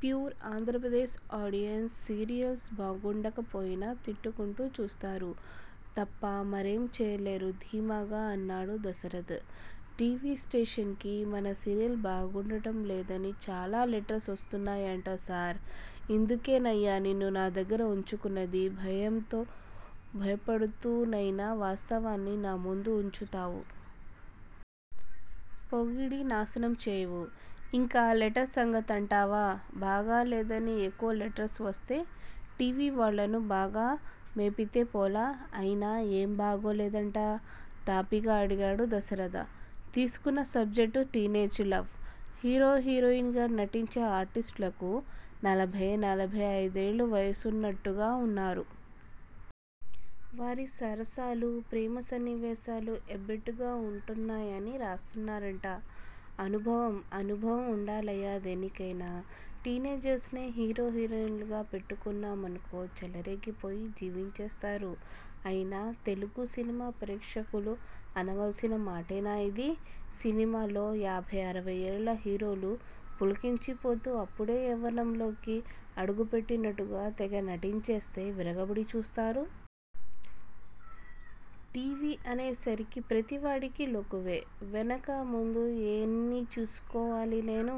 Pure Andhra Pradesh audience serials బాగుండకపోయినా తిట్టుకొంటూ చూస్తారు తప్ప మరేం చేయలేరు ' ధీమాగా అన్నాడు దశరథ. టి. వి. స్టేషన్ కి మన సీరియల్ బావుండటంలేదని చాలా లెటర్స్ వస్తున్నాయట సార్ ఇందుకేనయ్య నిన్ను నా దగ్గర ఉంచుకున్నది. భయంతో భయపడుతూనైనా వాస్తవాల్ని నా ముందుంచుతావు. పొగిడి నాశనం చేయవు. ఇంక లెటర్స్ సంగతంటావా? బాగాలేదని ఎక్కువ లెటర్స్ వస్తే టీ. వీ. వాళ్ళను బాగా మేపితే పోలా? అయినా ఏం బావోలేదట? తాపీగా అడిగాడు దశరథ. తీసుకున్న subject teenage love. Hero, heroine గా నటించే ఆర్టిస్టులకు నలభై, నలభై ఐదేళ్ళ వయస్సున్నట్టుగా ఉన్నారు. వారి సరసాలు. ప్రేమ సన్నివేశాలు ఎబ్బెట్టుగా ఉంటున్నాయని రాస్తున్నారట అనుభవం అనుభవం ఉండాలయ్యదేనికైనా. టీనేజర్స్ నే హీరో, హీరోయిన్లుగా పెట్టుకున్నాం అనుకో చెలరేగిపోయి జీవించేస్తారు. అయినా తెలుగు సినిమా ప్రేక్షకులు అనవలసిన మాటేనా ఇది! సినిమాల్లో, యాభై అరవై ఏళ్ళ హీరోలు పులకించిపోతూ అప్పుడే యవ్వనంలోకి అడగుపెట్టినట్టుగా తెగ నటించేస్తే, విరగబడి చూస్తారు. టీ. వీ. అనే సరికి ప్రతివాడికీ లోకువే వెనుకా ముందు ఎన్ని చూసుకోవాలి నేను?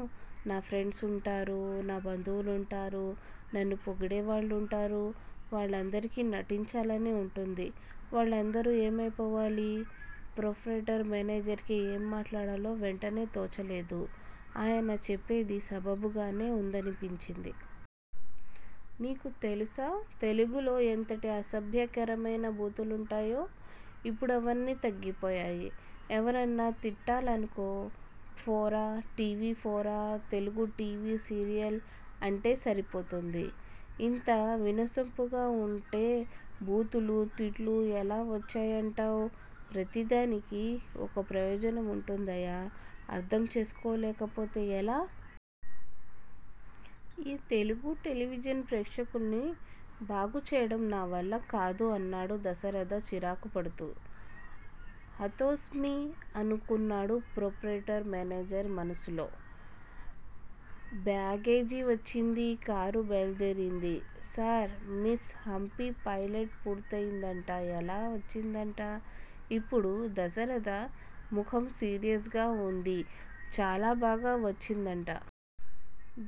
నా ఫ్రెండ్స్ ఉంటారు-నా బంధువులుంటారు-నన్ను పొగిడే వాళ్ళుంటారు. వాళ్ళందరికీ నటించాలని ఉంటుంది. వాళ్ళందరూ ఏమైపోవాలి? ప్రోఫెటర్ మేనేజర్ కి ఏం మాట్లాడాలో వెంటనే తోచలేదు. ఆయన చెప్పేది సబబుగానే ఉందనిపిస్తోంది. నీకు తెలుసా తెలుగులో ఎంతటి అసభ్యకరమైన బూతులునటాయో? ఇప్పడవన్నీ తగ్గిపోయాయి. ఎవర్నన్నా తిట్టాలనుకో ఫోరా టి. వి. ఫోరా తెలుగుటీవీ సీరియల్ అంటే సరిపోతుంది. ఇంత వినసొంపుగా ఉంటె బూతులు, తిట్లు ఎలా వచ్చాయంటావ్? ప్రతి దానికి ఒక ప్రయోజనం ఉంటుందయ్యా అర్థం చేసుకోలేకపోతే ఎలా? ఈ తెలుగు టెలివిజన్ ప్రేక్షకుల్ని బాగుచేయడం నావల్లకాదు అన్నాడు దశరథ చిరాకుపడుతూ. హతోస్మి అనుకున్నాడు ప్రోప్రైటర్ మేనేజర్ మనస్సులో. బ్యాగేజి వచ్చింది. కారు బయల్దేరింది. సార్ మిస్ హంపి పైలట్ పూర్తయిందట ఎలా వచ్చిందట? ఇప్పుడు దశరథ ముఖం సీరియస్ గా ఉంది. చాలా బాగా వచ్చిందంట.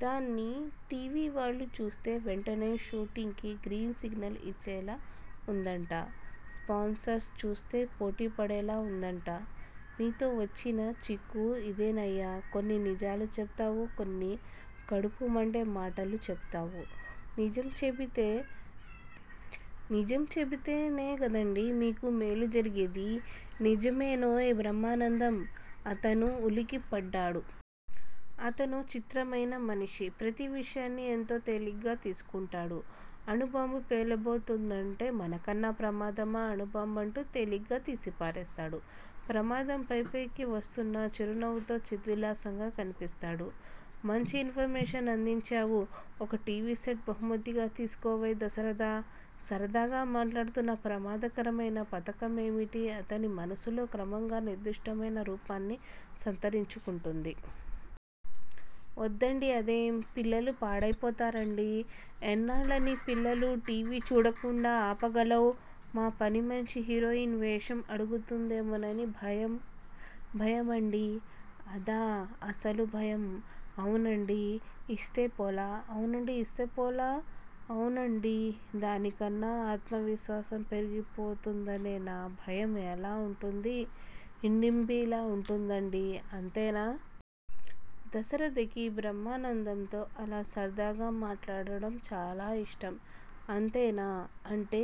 దాన్ని టీవీ వాళ్ళు చూస్తే వెంటనే షూటింగ్ కి గ్రీన్ సిగ్నల్ ఇచ్చేలా ఉందన్ట. స్పాన్సరర్స్ చూస్తే పోటీపడేలా ఉందట. నీతో వచ్చిన చిక్కు ఇదేనయ్యా కొన్ని నిజాలు చెబుతావు. కొన్ని కడుపు మండే మాటలు చెబుతావు నిజం చెబితే నిజం చెబితేనే గదండి మీకు మేలు జరిగేది నిజమేనోయ్ బ్రహ్మానందం అతను ఉలిక్కిపడ్డాడు. అతనో చిత్రమైన మనిషి. ప్రతి విషయాన్ని ఎంతో తేలిగ్గా తీసుకుంటాడు. అణుబాంబు పేలబో తోందంటే మనకన్నా ప్రమాదమా అణుబాంబంటూ తేలిగ్గా తీసిపారేస్తాడు. ప్రమాదం పైపైకి వస్తున్నా చిర్నవ్వుతో చిద్విలాసంగా కనిపిస్తాడు. మంచి ఇన్ ఫర్మేషన్ అందించావు. ఒక టీవీ సెట్ బహుమతిగా తీసుకోవోయ్ దశరథ సరదాగా మాట్లాడుతున్నా ప్రమాదకరమైన పతకమేమిటి అతని మనస్సులో క్రమంగా నిర్దుష్టమైన రూపాన్ని సంతరించుకుంటోంది. వద్దండి అదేం? పిల్లలు పాడైపోతారండి ఎన్నాళ్ళని పిల్లలు టీవీ చూడకుండా ఆపగలవ్? మా పనిమనిషి హీరోయిన్ వేషం అడుగుతుందేమోనని భయం భయమండి అదా అసలు భయం అవునండీ ఇస్తేపోలా? అవునండీ ఇస్తేపోలా? అవునండి. దానికన్న ఆత్మవిశ్వాసం పెరిగిపోతుందనే నా భయం ఎలా ఉంటుంది? హిడింబీలా ఉంటుందండి అంతేనా? దశరథకి బ్రహ్మానందంతో అలా సరదాగా మాట్లాడటం చాలా ఇష్టం. అంతేనా అంటే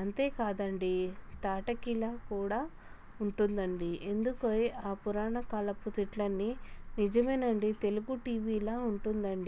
అంతేకాదండి తాటకిలా కూడా ఉంటుందండి ఎందుకోయ్ ఆ పురాణకాలపు తిట్లన్నీ? నిజమేనండి. తెలుగు టీవీలా ఉంటుందండి